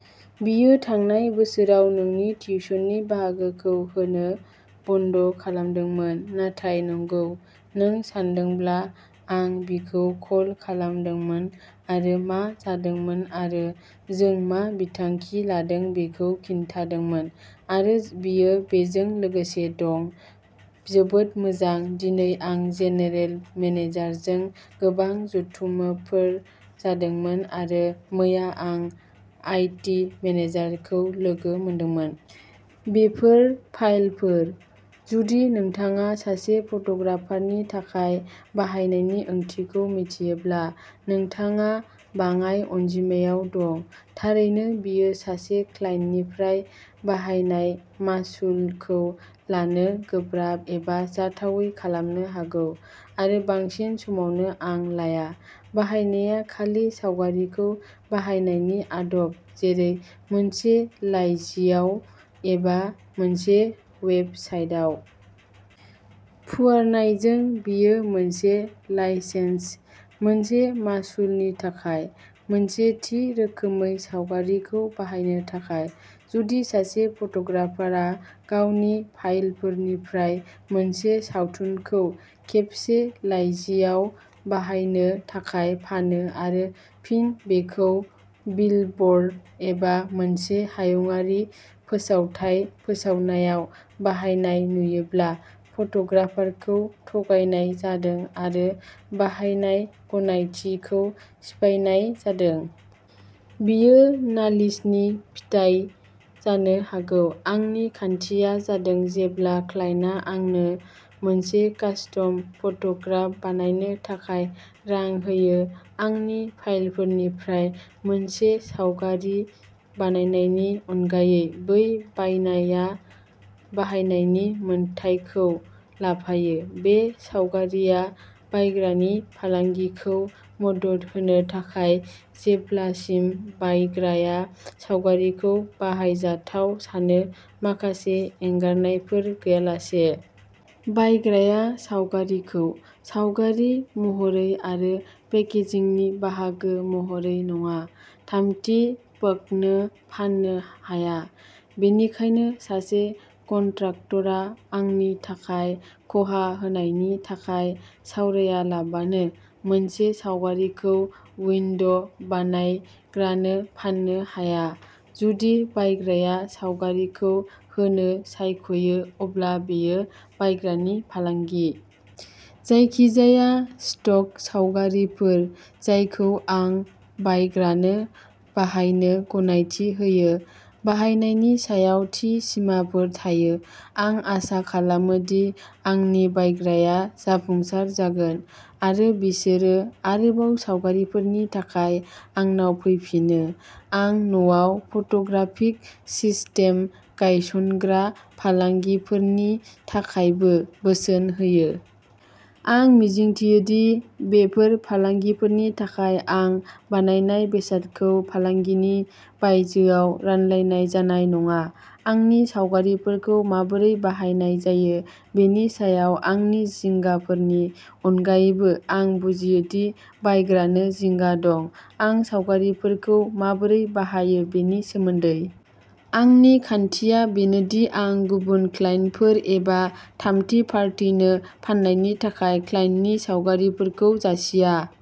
बियो थांनाय बोसोराव नोंनि टिउसननि बाहागोखौ होनो बन्द'खालामदोंमोन। नाथाय नंगौ, नों सानदोंब्ला, आं बिखौ कल खालामदोंमोन आरो मा जादोंमोन आरो जों मा बिथांखि लादों बेखौ खिन्थादोंमोन। आरो बियो बेजों लोगोसे दं। जोबोद मोजां, दिनै आं जेनेरेल मेनेजारजों गोबां जथुमफोर जादोंमोन, आरो मैया आं आईटी मेनेजारखौ लोगो मोनदोंमोन। बेफोर फाइलफोर। जुदि नोंथाङा सासे फट'ग्राफारनि थाखाय बाहायनायनि ओंथिखौ मिथियोब्ला नोंथाङा बाङाइ अनजिमायाव दं। थारैनो बेयो सासे क्लाइन्टनिफ्राय बाहायनाय मासुलखौ लानो गोब्राब एबा जाथावै खालामनो हागौ, आरो बांसिन समावनो आं लाया। बाहायनाया खालि सावगारिखौ बाहायनायनि आदब, जेरै मोनसे लाइजियाव एबा मोनसे वेब साइटआव। फुवारनायजों बेयो मोनसे लाइसेन्स, मोनसे मासुलनि थाखाय, मोनसे थि रोखोमै सावगारिखौ बाहायनो थाखाय। जुदि सासे फट'ग्राफारआ गावनि फाइलफोरनिफ्राय मोनसे सावमुखौ खेबसे लाइजियाव बाहायनो थाखाय फानो आरो फिन बेखौ बिलब'र्ड एबा मोनसे हायुंआरि फोसावथाय फोसावनायाव बाहायनाय नुयोब्ला फट'ग्राफारखौ थगायनाय जादों आरो बाहायनाय गनायथिखौ सिफायनाय जादों। बेयो नालिसनि फिथाय जानो हागौ। आंनि खान्थिया जादों जेब्ला क्लाइन्टआ आंनो मोनसे कास्टम फट'ग्राफ बानायनो थाखाय रां होयो, आंनि फाइलफोरनिफ्राय मोनसे सावगारि बायनायनि अनगायै, बै बायनाया बाहायनायनि मोन्थाइखौ लाफायो। बे सावगारिआ बायग्रानि फालांगिखौ मदद होनो थाखाय, जेब्लासिम बायग्राया सावगारिखौ बाहायजाथाव सानो, माखासे एंगारनायफोर गैयालासे। बायग्राया सावगारिखौ, सावगारि महरै आरो पेकेजिंनि बाहागो महरै नङा, थामथि पक्षनो फाननो हाया। बेनिखायनो सासे कन्ट्राक्टरआ आंनि थाखाय खहा होनायनि थाखाय सावरायालाबानो मोनसे सावगारिखौ उइन्ड'बानायग्रानो फान्नो हाया। जुदि बायग्राया सावगारिखौ होनो सायख'यो, अब्ला बेयो बायग्रानि फालांगि। जायखिजाया स्टक सावगारिफोर जायखौ आं बायग्रानो बाहायनो गनायथि होयो, बाहायनायनि सायाव थि सिमाफोर थायो। आं आसा खालामो दि आंनि बायग्राया जाफुंसार जागोन, आरो बिसोरो आरोबाव सावगारिफोरनि थाखाय आंनाव फैफिनो। आं न'आव फट'ग्राफिक सिस्टेम गायसनग्रा फालांगिफोरनि थाखायबो बोसोन होयो। आं मिजिंथियो दि बेफोर फालांगिफोरनि थाखाय आं बानायनाय बेसादखौ फालांगिनि बायजोआव रानलायनाय जानाय नङा। आंनि सावगारिफोरखौ माबोरै बाहायनाय जायो बेनि सायाव आंनि जिंगाफोरनि अनगायैबो आं बुजियो दि बायग्रानो जिंगा दं। आं सावगारिफोरखौ माबोरै बाहायो बेनि सोमोन्दै। आंनि खान्थिया बेनो दि आं गुबुन क्लाइन्टफोर एबा थामथि पार्टिनो फाननायनि थाखाय क्लाइन्टनि सावगारिफोरखौ जासिया।